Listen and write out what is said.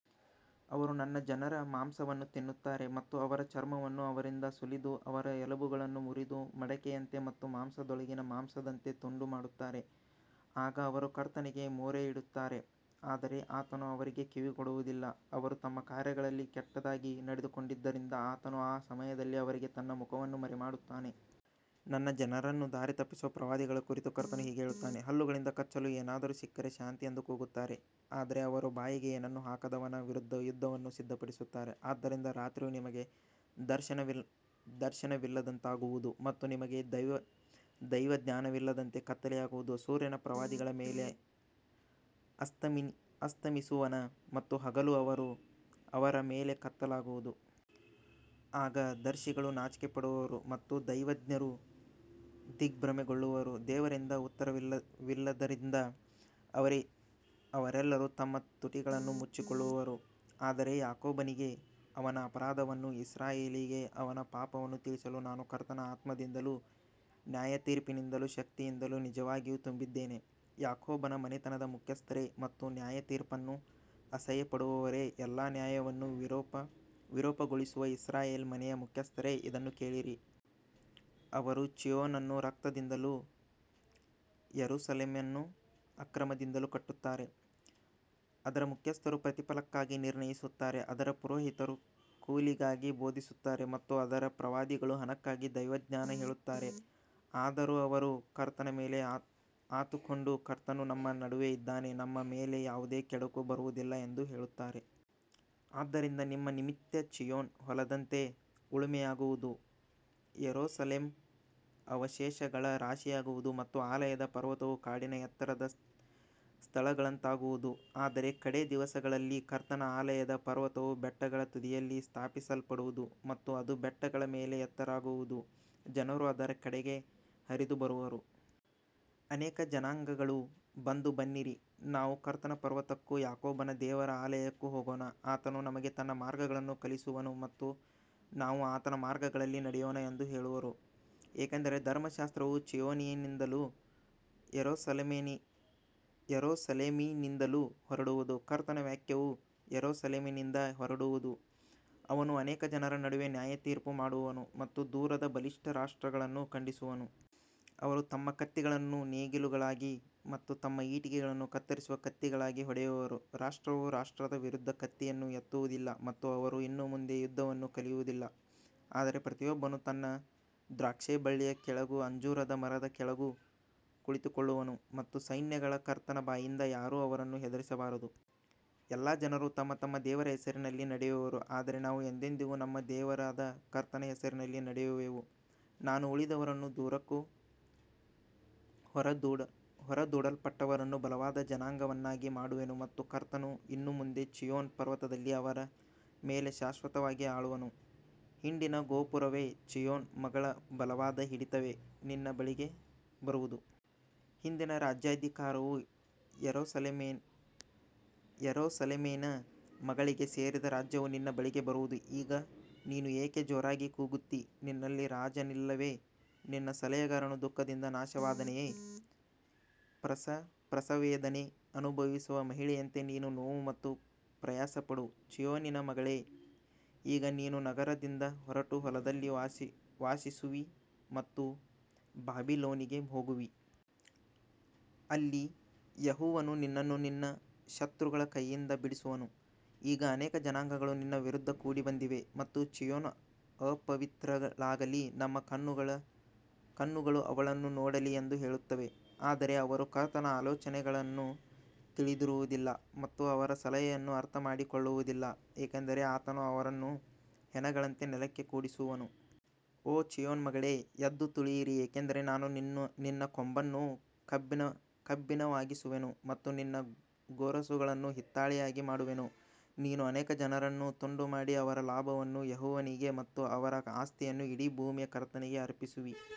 ಅವರು ನನ್ನ ಜನರ ಮಾಂಸವನ್ನು ತಿನ್ನುತ್ತಾರೆ ಮತ್ತು ಅವರ ಚರ್ಮವನ್ನು ಅವರಿಂದ ಸುಲಿದು ಅವರ ಎಲುಬುಗಳನ್ನು ಮುರಿದು ಮಡಕೆಯಂತೆ ಮತ್ತು ಮಾಂಸದೊಳಗಿನ ಮಾಂಸದಂತೆ ತುಂಡು ಮಾಡುತ್ತಾರೆ. ಆಗ ಅವರು ಕರ್ತನಿಗೆ ಮೊರೆಯಿಡುತ್ತಾರೆ, ಆದರೆ ಆತನು ಅವರಿಗೆ ಕಿವಿಗೊಡುವುದಿಲ್ಲ. ಅವರು ತಮ್ಮ ಕಾರ್ಯಗಳಲ್ಲಿ ಕೆಟ್ಟದಾಗಿ ನಡೆದುಕೊಂಡಿದ್ದರಿಂದ ಆತನು ಆ ಸಮಯದಲ್ಲಿ ಅವರಿಗೆ ತನ್ನ ಮುಖವನ್ನು ಮರೆಮಾಡುತ್ತಾನೆ. ನನ್ನ ಜನರನ್ನು ದಾರಿತಪ್ಪಿಸುವ ಪ್ರವಾದಿಗಳ ಕುರಿತು ಕರ್ತನು ಹೀಗೆ ಹೇಳುತ್ತಾನೆ, ಹಲ್ಲುಗಳಿಂದ ಕಚ್ಚಲು ಏನಾದರೂ ಸಿಕ್ಕರೆ ಶಾಂತಿ ಎಂದು ಕೂಗುತ್ತಾರೆ, ಆದರೆ ಅವರ ಬಾಯಿಗೆ ಏನನ್ನೂ ಹಾಕದವನ ವಿರುದ್ಧ ಯುದ್ಧವನ್ನು ಸಿದ್ಧಪಡಿಸುತ್ತಾರೆ. ಆದ್ದರಿಂದ ರಾತ್ರಿಯು ನಿಮಗೆ ದರ್ಶನವಿಲ್ಲದಂತಾಗುವುದು ಮತ್ತು ನಿಮಗೆ ದೈವಜ್ಞಾನವಿಲ್ಲದಂತೆ ಕತ್ತಲೆಯಾಗುವುದು. ಸೂರ್ಯನು ಪ್ರವಾದಿಗಳ ಮೇಲೆ ಅಸ್ತಮಿಸುವನು ಮತ್ತು ಹಗಲು ಅವರ ಮೇಲೆ ಕತ್ತಲಾಗುವುದು. ಆಗ ದರ್ಶಿಗಳು ನಾಚಿಕೆಪಡುವರು ಮತ್ತು ದೈವಜ್ಞರು ದಿಗ್ಭ್ರಮೆಗೊಳ್ಳುವರು. ದೇವರಿಂದ ಉತ್ತರವಿಲ್ಲದ್ದರಿಂದ ಅವರೆಲ್ಲರೂ ತಮ್ಮ ತುಟಿಗಳನ್ನು ಮುಚ್ಚಿಕೊಳ್ಳುವರು. ಆದರೆ ಯಾಕೋಬನಿಗೆ ಅವನ ಅಪರಾಧವನ್ನೂ ಇಸ್ರಾಯೇಲಿಗೆ ಅವನ ಪಾಪವನ್ನೂ ತಿಳಿಸಲು ನಾನು ಕರ್ತನ ಆತ್ಮದಿಂದಲೂ ನ್ಯಾಯತೀರ್ಪಿನಿಂದಲೂ ಶಕ್ತಿಯಿಂದಲೂ ನಿಜವಾಗಿಯೂ ತುಂಬಿದ್ದೇನೆ. ಯಾಕೋಬನ ಮನೆತನದ ಮುಖ್ಯಸ್ಥರೇ ಮತ್ತು ನ್ಯಾಯತೀರ್ಪನ್ನು ಅಸಹ್ಯಪಡುವವರೇ, ಎಲ್ಲಾ ನ್ಯಾಯವನ್ನು ವಿರೂಪಗೊಳಿಸುವ ಇಸ್ರಾಯೇಲ್ ಮನೆಯ ಮುಖ್ಯಸ್ಥರೇ, ಇದನ್ನು ಕೇಳಿರಿ. ಅವರು ಚೀಯೋನನ್ನು ರಕ್ತದಿಂದಲೂ ಯೆರೂಸಲೇಮನ್ನು ಅಕ್ರಮದಿಂದಲೂ ಕಟ್ಟುತ್ತಾರೆ. ಅದರ ಮುಖ್ಯಸ್ಥರು ಪ್ರತಿಫಲಕ್ಕಾಗಿ ನಿರ್ಣಯಿಸುತ್ತಾರೆ, ಅದರ ಪುರೋಹಿತರು ಕೂಲಿಗಾಗಿ ಬೋಧಿಸುತ್ತಾರೆ ಮತ್ತು ಅದರ ಪ್ರವಾದಿಗಳು ಹಣಕ್ಕಾಗಿ ದೈವಜ್ಞಾನ ಹೇಳುತ್ತಾರೆ. ಆದರೂ ಅವರು ಕರ್ತನ ಮೇಲೆ ಆತುಕೊಂಡು, ಕರ್ತನು ನಮ್ಮ ನಡುವೆ ಇದ್ದಾನೆ, ನಮ್ಮ ಮೇಲೆ ಯಾವುದೇ ಕೆಡುಕು ಬರುವುದಿಲ್ಲ ಎಂದು ಹೇಳುತ್ತಾರೆ. ಆದ್ದರಿಂದ ನಿಮ್ಮ ನಿಮಿತ್ತ ಚೀಯೋನ್ ಹೊಲದಂತೆ ಉಳುಮೆಯಾಗುವುದು, ಯೆರೂಸಲೇಮ್ ಅವಶೇಷಗಳ ರಾಶಿಯಾಗುವುದು ಮತ್ತು ಆಲಯದ ಪರ್ವತವು ಕಾಡಿನ ಎತ್ತರದ ಸ್ಥಳಗಳಂತಾಗುವುದು. ಆದರೆ ಕಡೇ ದಿವಸಗಳಲ್ಲಿ ಕರ್ತನ ಆಲಯದ ಪರ್ವತವು ಬೆಟ್ಟಗಳ ತುದಿಯಲ್ಲಿ ಸ್ಥಾಪಿಸಲ್ಪಡುವುದು ಮತ್ತು ಅದು ಬೆಟ್ಟಗಳ ಮೇಲೆ ಎತ್ತರವಾಗುವುದು, ಜನರು ಅದರ ಕಡೆಗೆ ಹರಿದು ಬರುವರು. ಅನೇಕ ಜನಾಂಗಗಳು ಬಂದು, ಬನ್ನಿರಿ, ನಾವು ಕರ್ತನ ಪರ್ವತಕ್ಕೂ ಯಾಕೋಬನ ದೇವರ ಆಲಯಕ್ಕೂ ಹೋಗೋಣ, ಆತನು ನಮಗೆ ತನ್ನ ಮಾರ್ಗಗಳನ್ನು ಕಲಿಸುವನು ಮತ್ತು ನಾವು ಆತನ ಮಾರ್ಗಗಳಲ್ಲಿ ನಡೆಯೋಣ ಎಂದು ಹೇಳುವರು. ಏಕೆಂದರೆ ಧರ್ಮಶಾಸ್ತ್ರವು ಚೀಯೋನಿನಿಂದಲೂ ಯೆರೂಸಲೇಮಿನಿಂದಲೂ ಹೊರಡುವುದು, ಕರ್ತನ ವಾಕ್ಯವು ಯೆರೂಸಲೇಮಿನಿಂದ ಹೊರಡುವುದು. ಅವನು ಅನೇಕ ಜನರ ನಡುವೆ ನ್ಯಾಯತೀರ್ಪು ಮಾಡುವನು ಮತ್ತು ದೂರದ ಬಲಿಷ್ಠ ರಾಷ್ಟ್ರಗಳನ್ನು ಖಂಡಿಸುವನು. ಅವರು ತಮ್ಮ ಕತ್ತಿಗಳನ್ನು ನೇಗಿಲುಗಳಾಗಿ ಮತ್ತು ತಮ್ಮ ಈಟಿಗಳನ್ನು ಕತ್ತರಿಸುವ ಕತ್ತಿಗಳಾಗಿ ಹೊಡೆಯುವರು. ರಾಷ್ಟ್ರವು ರಾಷ್ಟ್ರದ ವಿರುದ್ಧ ಕತ್ತಿಯನ್ನು ಎತ್ತುವುದಿಲ್ಲ ಮತ್ತು ಅವರು ಇನ್ನು ಮುಂದೆ ಯುದ್ಧವನ್ನು ಕಲಿಯುವುದಿಲ್ಲ. ಆದರೆ ಪ್ರತಿಯೊಬ್ಬನು ತನ್ನ ದ್ರಾಕ್ಷೇಬಳ್ಳಿಯ ಕೆಳಗೂ ಅಂಜೂರದ ಮರದ ಕೆಳಗೂ ಕುಳಿತುಕೊಳ್ಳುವನು ಮತ್ತು ಸೈನ್ಯಗಳ ಕರ್ತನ ಬಾಯಿಂದ ಯಾರೂ ಅವರನ್ನು ಹೆದರಿಸಬಾರದು. ಎಲ್ಲಾ ಜನರು ತಮ್ಮ ತಮ್ಮ ದೇವರ ಹೆಸರಿನಲ್ಲಿ ನಡೆಯುವರು, ಆದರೆ ನಾವು ಎಂದೆಂದಿಗೂ ನಮ್ಮ ದೇವರಾದ ಕರ್ತನ ಹೆಸರಿನಲ್ಲಿ ನಡೆಯುವೆವು. ನಾನು ಉಳಿದವರನ್ನೂ ದೂರಕ್ಕೆ ಹೊರದೂಡಲ್ಪಟ್ಟವರನ್ನೂ ಬಲವಾದ ಜನಾಂಗವನ್ನಾಗಿ ಮಾಡುವೆನು ಮತ್ತು ಕರ್ತನು ಇನ್ನು ಮುಂದೆ ಚೀಯೋನ್ ಪರ್ವತದಲ್ಲಿ ಅವರ ಮೇಲೆ ಶಾಶ್ವತವಾಗಿ ಆಳುವನು. ಹಿಂಡಿನ ಗೋಪುರವೇ, ಚೀಯೋನ್ ಮಗಳ ಬಲವಾದ ಹಿಡಿತವೇ, ನಿನ್ನ ಬಳಿಗೆ ಬರುವದು. ಹಿಂದಿನ ರಾಜ್ಯಾಧಿಕಾರವು, ಯೆರೂಸಲೇಮಿನ ಮಗಳಿಗೆ ಸೇರಿದ ರಾಜ್ಯವು, ನಿನ್ನ ಬಳಿಗೆ ಬರುವದು. ಈಗ ನೀನು ಏಕೆ ಜೋರಾಗಿ ಕೂಗುತ್ತೀ? ನಿನ್ನಲ್ಲಿ ರಾಜನಿಲ್ಲವೇ? ನಿನ್ನ ಸಲಹೆಗಾರನು ದುಃಖದಿಂದ ನಾಶವಾದನೆಯೇ? ಪ್ರಸವವೇದನೆ ಅನುಭವಿಸುವ ಮಹಿಳೆಯಂತೆ ನೀನು ನೋವು ಮತ್ತು ಪ್ರಯಾಸಪಡು, ಚೀಯೋನಿನ ಮಗಳೇ. ಈಗ ನೀನು ನಗರದಿಂದ ಹೊರಟು ಹೊಲದಲ್ಲಿ ವಾಸಿಸುವಿ ಮತ್ತು ಬಾಬಿಲೋನಿಗೆ ಹೋಗುವಿ. ಅಲ್ಲಿ ಯೆಹೋವನು ನಿನ್ನನ್ನು ನಿನ್ನ ಶತ್ರುಗಳ ಕೈಯಿಂದ ಬಿಡಿಸುವನು. ಈಗ ಅನೇಕ ಜನಾಂಗಗಳು ನಿನ್ನ ವಿರುದ್ಧ ಕೂಡಿಬಂದಿವೆ ಮತ್ತು ಚೀಯೋನ್ ಅಪವಿತ್ರಳಾಗಲಿ, ನಮ್ಮ ಕಣ್ಣುಗಳು ಅವಳನ್ನು ನೋಡಲಿ ಎಂದು ಹೇಳುತ್ತವೆ. ಆದರೆ ಅವರು ಕರ್ತನ ಆಲೋಚನೆಗಳನ್ನು ತಿಳಿದಿರುವುದಿಲ್ಲ ಮತ್ತು ಅವರ ಸಲಹೆಯನ್ನು ಅರ್ಥಮಾಡಿಕೊಳ್ಳುವುದಿಲ್ಲ, ಏಕೆಂದರೆ ಆತನು ಅವರನ್ನು ಹೆಣಗಳಂತೆ ನೆಲಕ್ಕೆ ಕೂಡಿಸುವನು. ಓ ಚೀಯೋನ್ ಮಗಳೇ, ಎದ್ದು ತುಳಿಯಿರಿ, ಏಕೆಂದರೆ ನಾನು ನಿನ್ನ ಕೊಂಬನ್ನು ಕಬ್ಬಿಣವಾಗಿಸುವೆನು ಮತ್ತು ನಿನ್ನ ಗೊರಸುಗಳನ್ನು ಹಿತ್ತಾಳೆಯಾಗಿ ಮಾಡುವೆನು. ನೀನು ಅನೇಕ ಜನರನ್ನು ತುಂಡುಮಾಡಿ, ಅವರ ಲಾಭವನ್ನು ಯೆಹೋವನಿಗೆ ಮತ್ತು ಅವರ ಆಸ್ತಿಯನ್ನು ಇಡೀ ಭೂಮಿಯ ಕರ್ತನಿಗೆ ಅರ್ಪಿಸುವಿ.